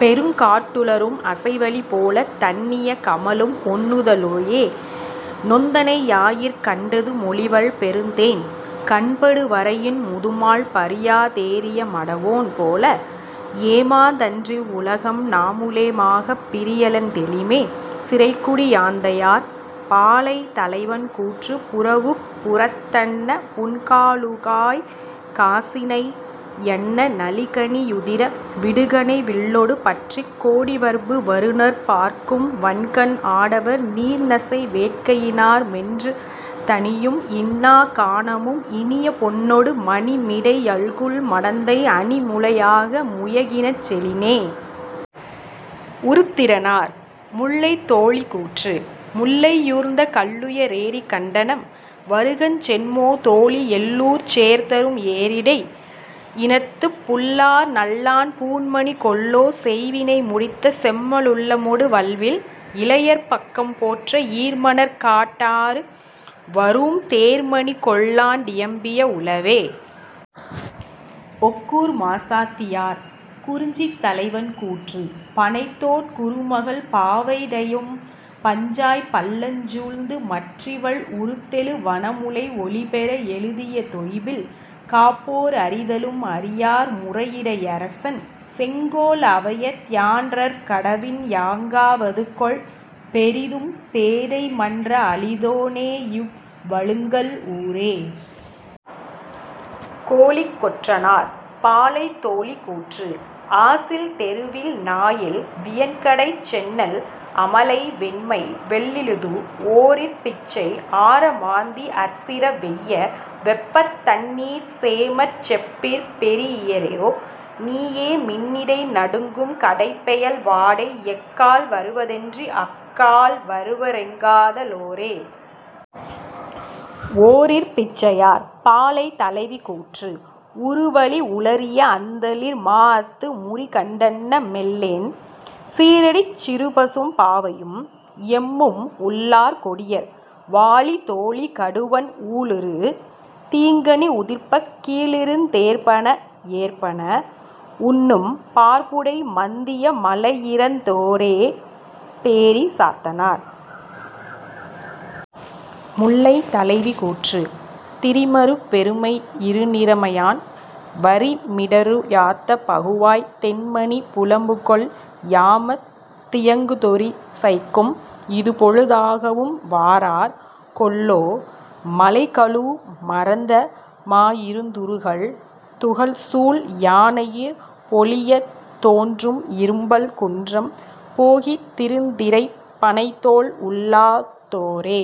பெருங்காட் டுளரும் அசைவளி போலத் தண்ணிய கமழும் ஒண்ணுத லோயே நொந்தனை யாயிற் கண்டது மொழிவல் பெருந்தேன் கண்படு வரையின் முதுமால் பறியா தேறிய மடவோன் போல ஏமாந் தன்றிவ் வுலகம் நாமுளே மாகப் பிரியலன் தௌிமே. -சிறைக்குடி யாந்தையார்.. பாலை தலைவன் கூற்று புறவுப் புறத்தன்ன புன்கா லுகாஅய்க் காசினை யன்ன நளிகனி யுதிர விடுகணை வில்லொடு பற்றிக் கோடிவர்பு வருநர்ப் பார்க்கும் வன்கண் ஆடவர் நீர்நசை வேட்கையி னார்மென்று தணியும் இன்னாக் கானமும் இனிய பொன்னொடு மணிமிடை யல்குல் மடந்தை அணிமுலை யாக முயகினஞ் செலினே. -உருத்திரனார்.. முல்லை தோழி கூற்று முல்லை யூர்ந்த கல்லுய ரேறிக் கண்டனம் வருகஞ் சென்மோ தோழி எல்லூர்ச் சேர்தரும் ஏறிடை யினத்துப் புல்லார் நல்லான் பூண்மணி கொல்லோ செய்வினை முடித்த செம்ம லுள்ளமொடு வல்வில் இளையர் பக்கம் போற்ற ஈர்மணற் காட்டாறு வரூஉம் தேர்மணி கொல்லாண் டியம்பிய வுளவே. -ஒக்கூர் மாசாத்தியார்.. குறிஞ்சி தலைவன் கூற்று பணைத்தோட் குறுமகள் பாவை தைஇயும் பஞ்சாய்ப் பள்ளஞ் சூழ்ந்து மற்றிவள் உருத்தெழு வனமுலை ஒளிபெற எழுதிய தொய்பில் காப்போர் அறிதலும் அறியார் முறையிடை யரசன் செங்கோல் அவையத் தியான்றற் கடவின் யாங்கா வதுகொல் பெரிதும் பேதை மன்ற அளிதோ னேயிவ் வழுங்கல் ஊரே. -கோழிக் கொற்றனார்.. பாலை தோழி கூற்று ஆசில் தெருவில் நாயில் வியன்கடைச் செந்நெல் அமலை வெண்மை வெள்ளிழுது ஓரிற் பிச்சை ஆர மாந்தி அற்சிர வெய்ய வெப்பத் தண்ணீர் சேமச் செப்பிற் பெறீஇயரோ நீயே மின்னிடை நடுங்கும் கடைப்பெயல் வாடை எக்கால் வருவ தென்றி அக்கால் வருவரெங் காத லோரே. -ஓரிற் பிச்சையார்.. பாலை தலைவி கூற்று உறுவளி உளரிய அந்தளிர் மாஅத்து முறிகண் டன்ன மெல்லென் சீறடிச் சிறுபசும் பாவையும் எம்மும் உள்ளார் கொடியர் வாழி தோழி கடுவன் ஊழுறு தீங்கனி உதிர்ப்பக் கீழிருந் தேற்பன ஏற்பன உண்ணும் பார்ப்புடை மந்திய மலையிறந் தோரே. -பேரி சாத்தனார்.. முல்லை தலைவி கூற்று திரிமருப் பெருமை யிருணிற மையான் வரிமிடறு யாத்த பகுவாய்த் தெண்மணி புலம்புகொள் யாமத் தியங்குதொ றிசைக்கும் இதுபொழு தாகவும் வாரார் கொல்லோ மழைகழூஉ மறந்த மாயிருந் துறுகல் துகள்சூழ் யானையிற் பொலியத் தோன்றும் இரும்பல் குன்றம் போகித் திருந்திறைப் பணைத்தோள் உள்ளா தோரே.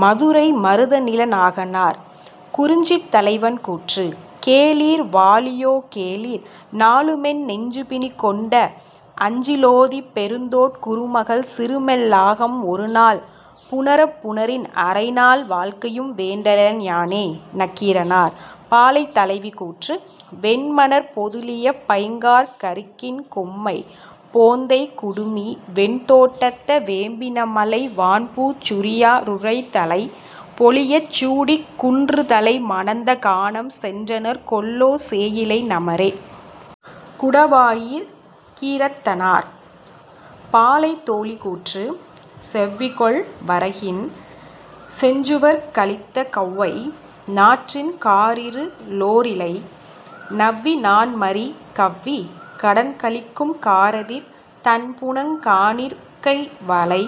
-மதுரை மருதனிளநாகனார்.. குறிஞ்சி தலைவன் கூற்று கேளிர் வாழியோ கேளிர் நாளுமென் நெஞ்சுபிணிக் கொண்ட அஞ்சி லோதிப் பெருந்தோட் குறுமகள் சிறுமெல் லாகம் ஒருநாள் புணரப் புணரின் அரைநாள் வாழ்க்கையும் வேண்டலென் யானே. -நக்கீரனார்.. பாலை தலைவி கூற்று வெண்மணற் பொதுளிய பைங்காற் கருக்கின் கொம்மைப் போந்தைக் குடுமி வெண்தோட் டத்த வேம்பி னமலை வான்பூச் சுரியா ருளைத்தலை பொலியச் சூடிக் குன்றுதலை மணந்த கானம் சென்றனர் கொல்லோ சேயிழை நமரே. -குடவாயிற் கீரத்தனார்.. பாலை தோழி கூற்று செவ்விகொள் வரகின் செஞ்சுவற் கலித்த கௌவை நாற்றின் காரிரு ளோரிலை நவ்வி நாண்மறி கவ்விக் கடன்கழிக்கும் காரெதிர் தண்புனங் காணிற் கைவளை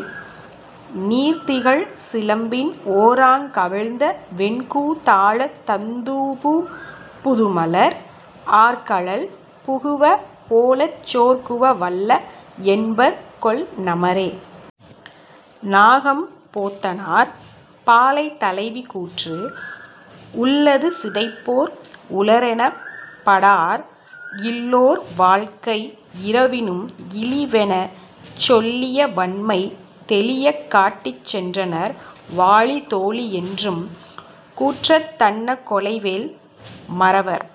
நீர்திகழ் சிலம்பின் ஓராங் கவிழ்ந்த வெண்கூ தாளத் தந்தூம்பு புதுமலர் ஆர்கழல் புகுவ போலச் சோர்குவ வல்ல என்பர்கொல் நமரே. -நாகம் போத்தனார்.. பாலை தலைவி கூற்று உள்ளது சிதைப்போர் உளரெனப் படாஅர் இல்லோர் வாழ்க்கை இரவினும் இளிவெனச் சொல்லிய வன்மை தௌியக் காட்டிச் சென்றனர் வாழி தோழி யென்றும் கூற்றத் தன்ன கொலைவேல் மறவர்